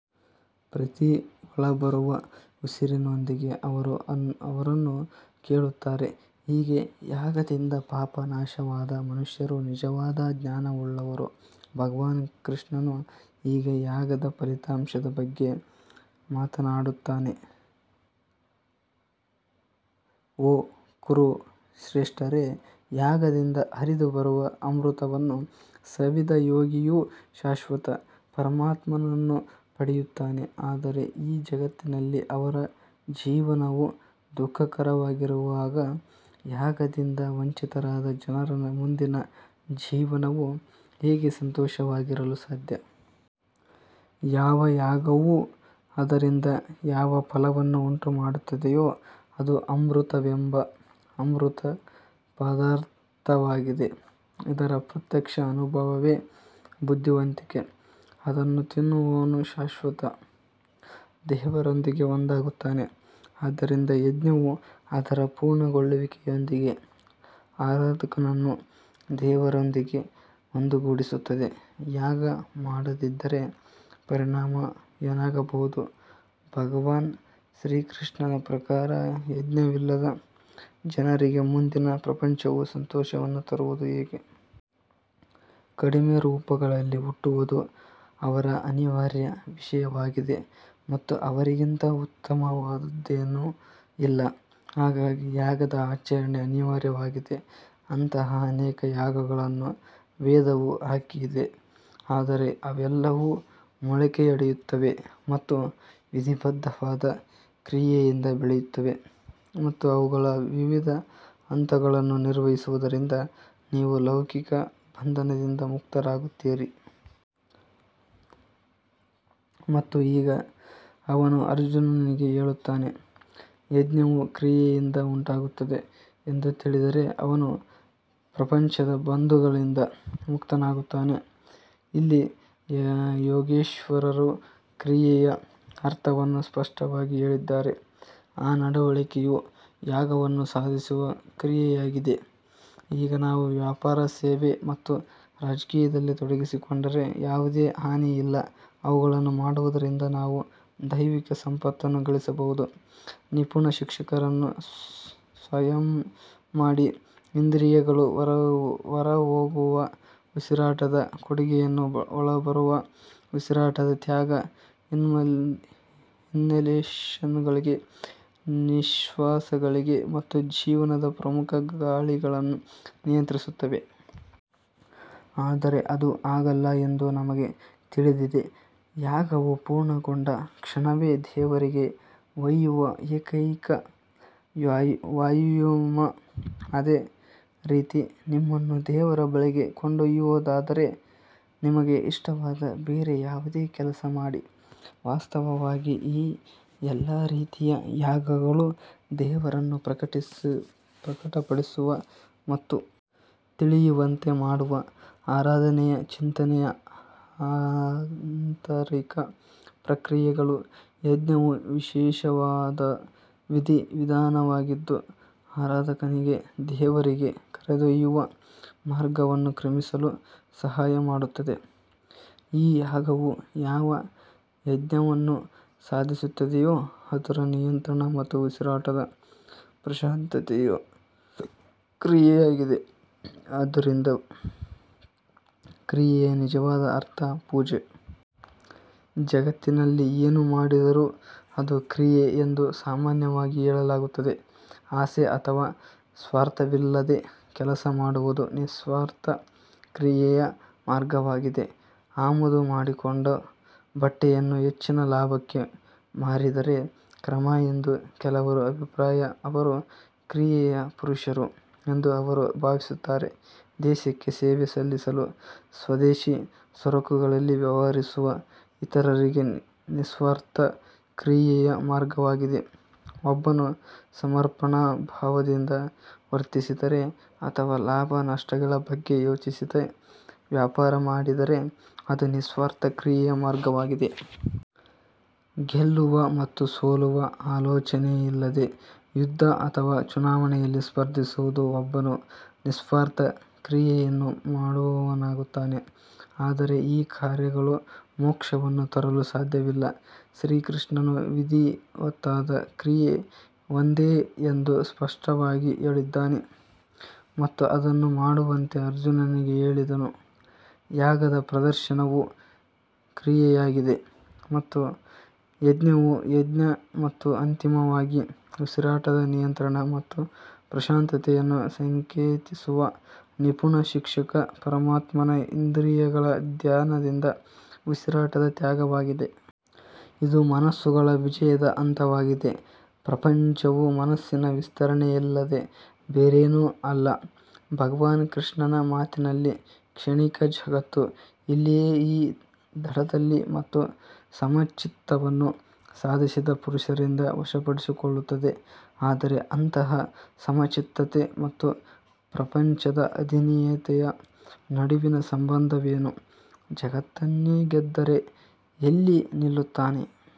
ಪ್ರತಿ ಒಳಬರುವ ಉಸಿರಿನೊಂದಿಗೆ ಅವರು ಅನ್ನು ಕೇಳುತ್ತಾರೆ ಹೀಗೆ ಯಾಗದಿಂದ ಪಾಪ ನಾಶವಾದ ಮನುಷ್ಯರು ನಿಜವಾದ ಜ್ಞಾನವುಳ್ಳವರು ಭಗವಾನ್ ಕೃಷ್ಣನು ಈಗ ಯಾಗದ ಫಲಿತಾಂಶದ ಬಗ್ಗೆ ಮಾತನಾಡುತ್ತಾನೆ ಓ ಕುರು ಶ್ರೇಷ್ಠರೇ, ಯಾಗದಿಂದ ಹರಿದು ಬರುವ ಅಮೃತವನ್ನು ಸವಿದ ಯೋಗಿಯು ಶಾಶ್ವತ ಪರಮಾತ್ಮನನ್ನು ಪಡೆಯುತ್ತಾನೆ ಆದರೆ ಈ ಜಗತ್ತಿನಲ್ಲಿ ಅವರ ಜೀವನವೂ ದುಃಖಕರವಾಗಿರುವಾಗ ಯಾಗದಿಂದ ವಂಚಿತರಾದ ಜನರ ಮುಂದಿನ ಜೀವನವು ಹೇಗೆ ಸಂತೋಷವಾಗಿರಲು ಸಾಧ್ಯ? ಯಾವ ಯಾಗವು ಅದರಿಂದ ಯಾವ ಫಲವನ್ನು ಉಂಟುಮಾಡುತ್ತದೆಯೋ ಅದು ಅಮೃತವೆಂಬ ಅಮೃತ ಪದಾರ್ಥವಾಗಿದೆ ಇದರ ಪ್ರತ್ಯಕ್ಷ ಅನುಭವವೇ ಬುದ್ಧಿವಂತಿಕೆ ಅದನ್ನು ತಿನ್ನುವವನು ಶಾಶ್ವತ ದೇವರೊಂದಿಗೆ ಒಂದಾಗುತ್ತಾನೆ ಆದ್ದರಿಂದ ಯಜ್ಞವು ಅದರ ಪೂರ್ಣಗೊಳ್ಳುವಿಕೆಯೊಂದಿಗೆ ಆರಾಧಕನನ್ನು ದೇವರೊಂದಿಗೆ ಒಂದುಗೂಡಿಸುತ್ತದೆ ಯಾಗ ಮಾಡದಿದ್ದರೆ ಪರಿಣಾಮ ಏನಾಗಬಹುದು ಭಗವಾನ್ ಶ್ರೀಕೃಷ್ಣನ ಪ್ರಕಾರ, ಯಜ್ಞವಿಲ್ಲದ ಜನರಿಗೆ ಮುಂದಿನ ಪ್ರಪಂಚವು ಸಂತೋಷವನ್ನು ತರುವುದು ಹೇಗೆ? ಕಡಿಮೆ ರೂಪಗಳಲ್ಲಿ ಹುಟ್ಟುವುದು ಅವರ ಅನಿವಾರ್ಯ ವಿಷಯವಾಗಿದೆ ಮತ್ತು ಅವರಿಗಿಂತ ಉತ್ತಮವಾದದ್ದೇನೂ ಇಲ್ಲ ಹಾಗಾಗಿ ಯಾಗದ ಆಚರಣೆ ಅನಿವಾರ್ಯವಾಗಿದೆ ಅಂತಹ ಅನೇಕ ಯಾಗಗಳನ್ನು ವೇದವು ಹಾಕಿದೆ ಆದರೆ ಅವೆಲ್ಲವೂ ಮೊಳಕೆಯೊಡೆಯುತ್ತವೆ ಮತ್ತು ವಿಧಿಬದ್ಧವಾದ ಕ್ರಿಯೆಯಿಂದ ಬೆಳೆಯುತ್ತವೆ ಮತ್ತು ಅವುಗಳ ವಿವಿಧ ಹಂತಗಳನ್ನು ನಿರ್ವಹಿಸುವುದರಿಂದ ನೀವು ಲೌಕಿಕ ಬಂಧನದಿಂದ ಮುಕ್ತರಾಗುತ್ತೀರಿ. ಮತ್ತು ಈಗ ಅವನು ಅರ್ಜುನನಿಗೆ ಹೇಳುತ್ತಾನೆ, ಯಜ್ಞವು ಕ್ರಿಯೆಯಿಂದ ಉಂಟಾಗುತ್ತದೆ ಎಂದು ತಿಳಿದರೆ ಅವನು ಪ್ರಪಂಚದ ಬಂಧಗಳಿಂದ ಮುಕ್ತನಾಗುತ್ತಾನೆ. ಇಲ್ಲಿ ಯೋಗೇಶ್ವರರು ಕ್ರಿಯೆಯ ಅರ್ಥವನ್ನು ಸ್ಪಷ್ಟವಾಗಿ ಹೇಳಿದ್ದಾರೆ ಆ ನಡವಳಿಕೆಯು ಯಾಗವನ್ನು ಸಾಧಿಸುವ ಕ್ರಿಯೆಯಾಗಿದೆ ಈಗ ನಾವು ವ್ಯಾಪಾರ ಸೇವೆ ಮತ್ತು ರಾಜಕೀಯದಲ್ಲಿ ತೊಡಗಿಸಿಕೊಂಡರೆ ಯಾವುದೇ ಹಾನಿ ಇಲ್ಲ, ಅವುಗಳನ್ನು ಮಾಡುವುದರಿಂದ ನಾವು ದೈವಿಕ ಸಂಪತ್ತನ್ನು ಗಳಿಸಬಹುದು, ನಿಪುಣ ಶಿಕ್ಷಕರನ್ನು ಸಂಯಮ ಮಾಡಿ ಇಂದ್ರಿಯಗಳು ಹೊರಹೋಗುವ ಉಸಿರಾಟದ ಕೊಡುಗೆಯನ್ನು ಒಳಬರುವ ಉಸಿರಾಟದ ತ್ಯಾಗ ಇನ್ಹಲೇಷನ್ಗಳಿಗೆ ನಿಶ್ವಾಸಗಳಿಗೆ ಮತ್ತು ಜೀವನದ ಪ್ರಮುಖ ಗಾಳಿಗಳನ್ನು ನಿಯಂತ್ರಿಸುತ್ತವೆ. ಆದರೆ ಅದು ಹಾಗಲ್ಲ ಎಂದು ನಮಗೆ ತಿಳಿದಿದೆ ಯಾಗವು ಪೂರ್ಣಗೊಂಡ ಕ್ಷಣವೇ ದೇವರಿಗೆ ಒಯ್ಯುವ ಏಕೈಕ ವ್ಯಾಯಾಮ ಅದೇ ರೀತಿ ನಿಮ್ಮನ್ನು ದೇವರ ಬಳಿಗೆ ಕೊಂಡೊಯ್ಯುವುದಾದರೆ ನಿಮಗೆ ಇಷ್ಟವಾದ ಬೇರೆ ಯಾವುದೇ ಕೆಲಸ ಮಾಡಿ ವಾಸ್ತವವಾಗಿ ಈ ಎಲ್ಲಾ ರೀತಿಯ ಯಾಗಗಳು ದೇವರನ್ನು ಪ್ರಕಟಪಡಿಸುವ ಮತ್ತು ತಿಳಿಯುವಂತೆ ಮಾಡುವ ಆರಾಧನೆಯ ಚಿಂತನೆಯ ಆಂತರಿಕ ಪ್ರಕ್ರಿಯೆಗಳು ಯಜ್ಞವು ವಿಶೇಷವಾದ ವಿಧಿ ವಿಧಾನವಾಗಿದ್ದು, ಆರಾಧಕನಿಗೆ ದೇವರಿಗೆ ಕರೆದೊಯ್ಯುವ ಮಾರ್ಗವನ್ನು ಕ್ರಮಿಸಲು ಸಹಾಯ ಮಾಡುತ್ತದೆ ಈ ಯಾಗವು ಯಾವ ಯಜ್ಞವನ್ನು ಸಾಧಿಸುತ್ತದೆಯೋ ಅದರ ನಿಯಂತ್ರಣ ಮತ್ತು ಉಸಿರಾಟದ ಪ್ರಶಾಂತತೆಯು ಕ್ರಿಯೆಯಾಗಿದೆ ಆದ್ದರಿಂದ ಕ್ರಿಯೆಯ ನಿಜವಾದ ಅರ್ಥ ಪೂಜೆ ಜಗತ್ತಿನಲ್ಲಿ ಏನು ಮಾಡಿದರೂ ಅದು ಕ್ರಿಯೆ ಎಂದು ಸಾಮಾನ್ಯವಾಗಿ ಹೇಳಲಾಗುತ್ತದೆ ಆಸೆ ಅಥವಾ ಸ್ವಾರ್ಥವಿಲ್ಲದೆ ಕೆಲಸ ಮಾಡುವುದು ನಿಸ್ವಾರ್ಥ ಕ್ರಿಯೆಯ ಮಾರ್ಗವಾಗಿದೆ ಆಮದು ಮಾಡಿಕೊಂಡ ಬಟ್ಟೆಯನ್ನು ಹೆಚ್ಚಿನ ಲಾಭಕ್ಕೆ ಮಾರಿದರೆ ಕ್ರಮ ಎಂದು ಕೆಲವರ ಅಭಿಪ್ರಾಯ ಅವರು ಕ್ರಿಯೆಯ ಪುರುಷರು ಎಂದು ಅವರು ಭಾವಿಸುತ್ತಾರೆ ದೇಶಕ್ಕೆ ಸೇವೆ ಸಲ್ಲಿಸಲು ಸ್ವದೇಶಿ ಸರಕುಗಳಲ್ಲಿ ವ್ಯವಹರಿಸುವ ಇತರರಿಗೆ ನಿಸ್ವಾರ್ಥ ಕ್ರಿಯೆಯ ಮಾರ್ಗವಾಗಿದೆ ಒಬ್ಬನು ಸಮರ್ಪಣಾಭಾವದಿಂದ ವರ್ತಿಸಿದರೆ ಅಥವಾ ಲಾಭ-ನಷ್ಟಗಳ ಬಗ್ಗೆ ಯೋಚಿಸದೆ ವ್ಯಾಪಾರ ಮಾಡಿದರೆ ಅದು ನಿಸ್ವಾರ್ಥ ಕ್ರಿಯೆಯ ಮಾರ್ಗವಾಗಿದೆ. ಗೆಲ್ಲುವ ಮತ್ತು ಸೋಲುವ ಆಲೋಚನೆಯಿಲ್ಲದೆ ಯುದ್ಧ ಅಥವಾ ಚುನಾವಣೆಯಲ್ಲಿ ಸ್ಪರ್ಧಿಸುವುದು ಒಬ್ಬನು ನಿಸ್ವಾರ್ಥ ಕ್ರಿಯೆಯನ್ನು ಮಾಡುವವನಾಗುತ್ತಾನೆ. ಆದರೆ ಈ ಕಾರ್ಯಗಳು ಮೋಕ್ಷವನ್ನು ತರಲು ಸಾಧ್ಯವಿಲ್ಲ ಶ್ರೀಕೃಷ್ಣನು ವಿಧಿವತ್ತಾದ ಕ್ರಿಯೆ ಒಂದೇ ಎಂದು ಸ್ಪಷ್ಟವಾಗಿ ಹೇಳಿದ್ದಾನೆ ಮತ್ತು ಅದನ್ನು ಮಾಡುವಂತೆ ಅರ್ಜುನನಿಗೆ ಹೇಳಿದನು. ಯಾಗದ ಪ್ರದರ್ಶನವು ಕ್ರಿಯೆಯಾಗಿದೆ ಮತ್ತು ಯಜ್ಞವು ಯಜ್ಞ ಮತ್ತು ಅಂತಿಮವಾಗಿ ಉಸಿರಾಟದ ನಿಯಂತ್ರಣ ಮತ್ತು ಪ್ರಶಾಂತತೆಯನ್ನು ಸಂಕೇತಿಸುವ ನಿಪುಣ ಶಿಕ್ಷಕ ಪರಮಾತ್ಮನ ಇಂದ್ರಿಯಗಳ ಧ್ಯಾನದ ಉಸಿರಾಟದ ತ್ಯಾಗವಾಗಿದೆ. ಇದು ಮನಸ್ಸುಗಳ ವಿಜಯದ ಹಂತವಾಗಿದೆ ಪ್ರಪಂಚವು ಮನಸ್ಸಿನ ವಿಸ್ತರಣೆಯಲ್ಲದೆ ಬೇರೇನೂ ಅಲ್ಲ ಭಗವಾನ್ ಕೃಷ್ಣನ ಮಾತಿನಲ್ಲಿ, ಕ್ಷಣಿಕ ಜಗತ್ತು ಇಲ್ಲಿಯೇ ಈ ದಡದಲ್ಲಿ ಮತ್ತು ಸಮಚಿತ್ತವನ್ನು ಸಾಧಿಸಿದ ಪುರುಷರಿಂದ ವಶಪಡಿಸಿಕೊಳ್ಳುತ್ತದೆ. ಆದರೆ ಅಂತಹ ಸಮಚಿತ್ತತೆ ಮತ್ತು ಪ್ರಪಂಚದ ಅಧೀನತೆಯ ನಡುವಿನ ಸಂಬಂಧವೇನು ಜಗತ್ತನ್ನೇ ಗೆದ್ದರೆ ಎಲ್ಲಿ ನಿಲ್ಲುತ್ತಾನೆ.